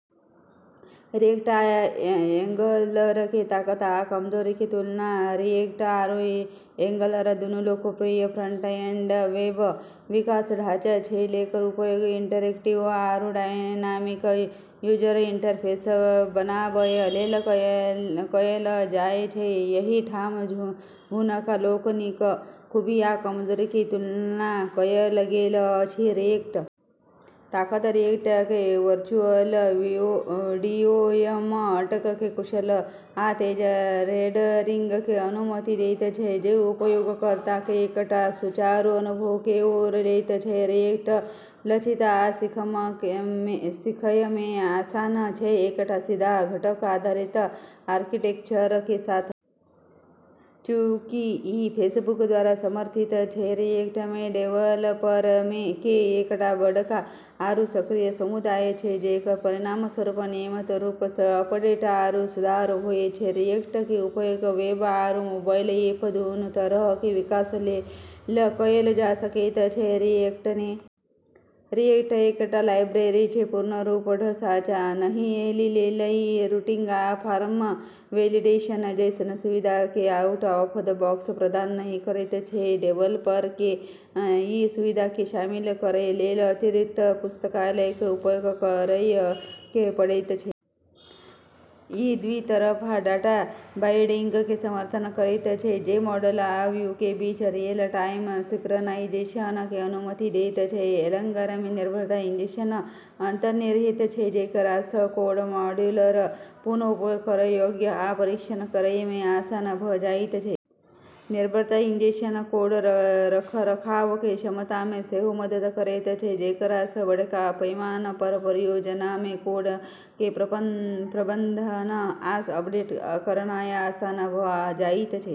React आ Angular के ताकत आ कमजोरी के तुलना रिएक्ट आरू एंगलर दुनू लोकप्रिय फ्रंट-एंड वेब विकास ढाँचा छै जेकर उपयोग इंटरैक्टिव आरू डायनामिक यूजर इंटरफेस बनाबय लेल कयल जाय छै। एहि ठाम हुनका लोकनिक खूबी आ कमजोरी के तुलना कयल गेल अछि। रिएक्ट ताकत रिएक्ट के वर्चुअल डीओएम घटक के कुशल आ तेज रेंडरिंग के अनुमति दैत छै, जे उपयोगकर्ता के एकटा सुचारू अनुभव के ओर लैत छै। रिएक्ट लचिल आ सीखय मे आसान छै, एकटा सीधा घटक आधारित आर्किटेक्चर के साथ। चूँकि ई फेसबुक द्वारा समर्थित छै, रिएक्ट मे डेवलपर के एकटा बडका आरू सक्रिय समुदाय छै, जेकर परिणामस्वरूप नियमित रूप सँ अपडेट आरू सुधार होय छै। रिएक्ट के उपयोग वेब आरू मोबाइल ऐप दुनू तरह के विकास लेल कयल जा सकैत छै, रिएक्ट नेटिव के माध्यम सँ। कमजोरी रिएक्ट एकटा लाइब्रेरी छै, पूर्ण रूप सँ ढाँचा नहि, एही लेल इ रूटिंग आ फॉर्म वैलिडेशन जैसन सुविधा के आउट-ऑफ-द-बॉक्स प्रदान नहि करैत छै। डेवलपर के इ सुविधा के शामिल करय लेल अतिरिक्त पुस्तकालय के उपयोग करय के पड़ैत छै। इ द्वि-तरफा डाटा बाइंडिंग के समर्थन करैत छै, जे मॉडल आ व्यू के बीच रियल-टाइम सिंक्रनाइजेशन के अनुमति दैत छै। एंगलर मे निर्भरता इंजेक्शन अंतर्निहित छै, जेकरा सँ कोड मॉड्यूलर, पुन: उपयोग करय योग्य, आ परीक्षण करय मे आसान भ जाइत छै। निर्भरता इंजेक्शन कोड रखरखाव के क्षमता मे सेहो मदद करैत छै, जेकरा सँ बडका पैमाना पर परियोजना मे कोड के प्रबंधन आ अपडेट करनाय आसान भ जाइत छै।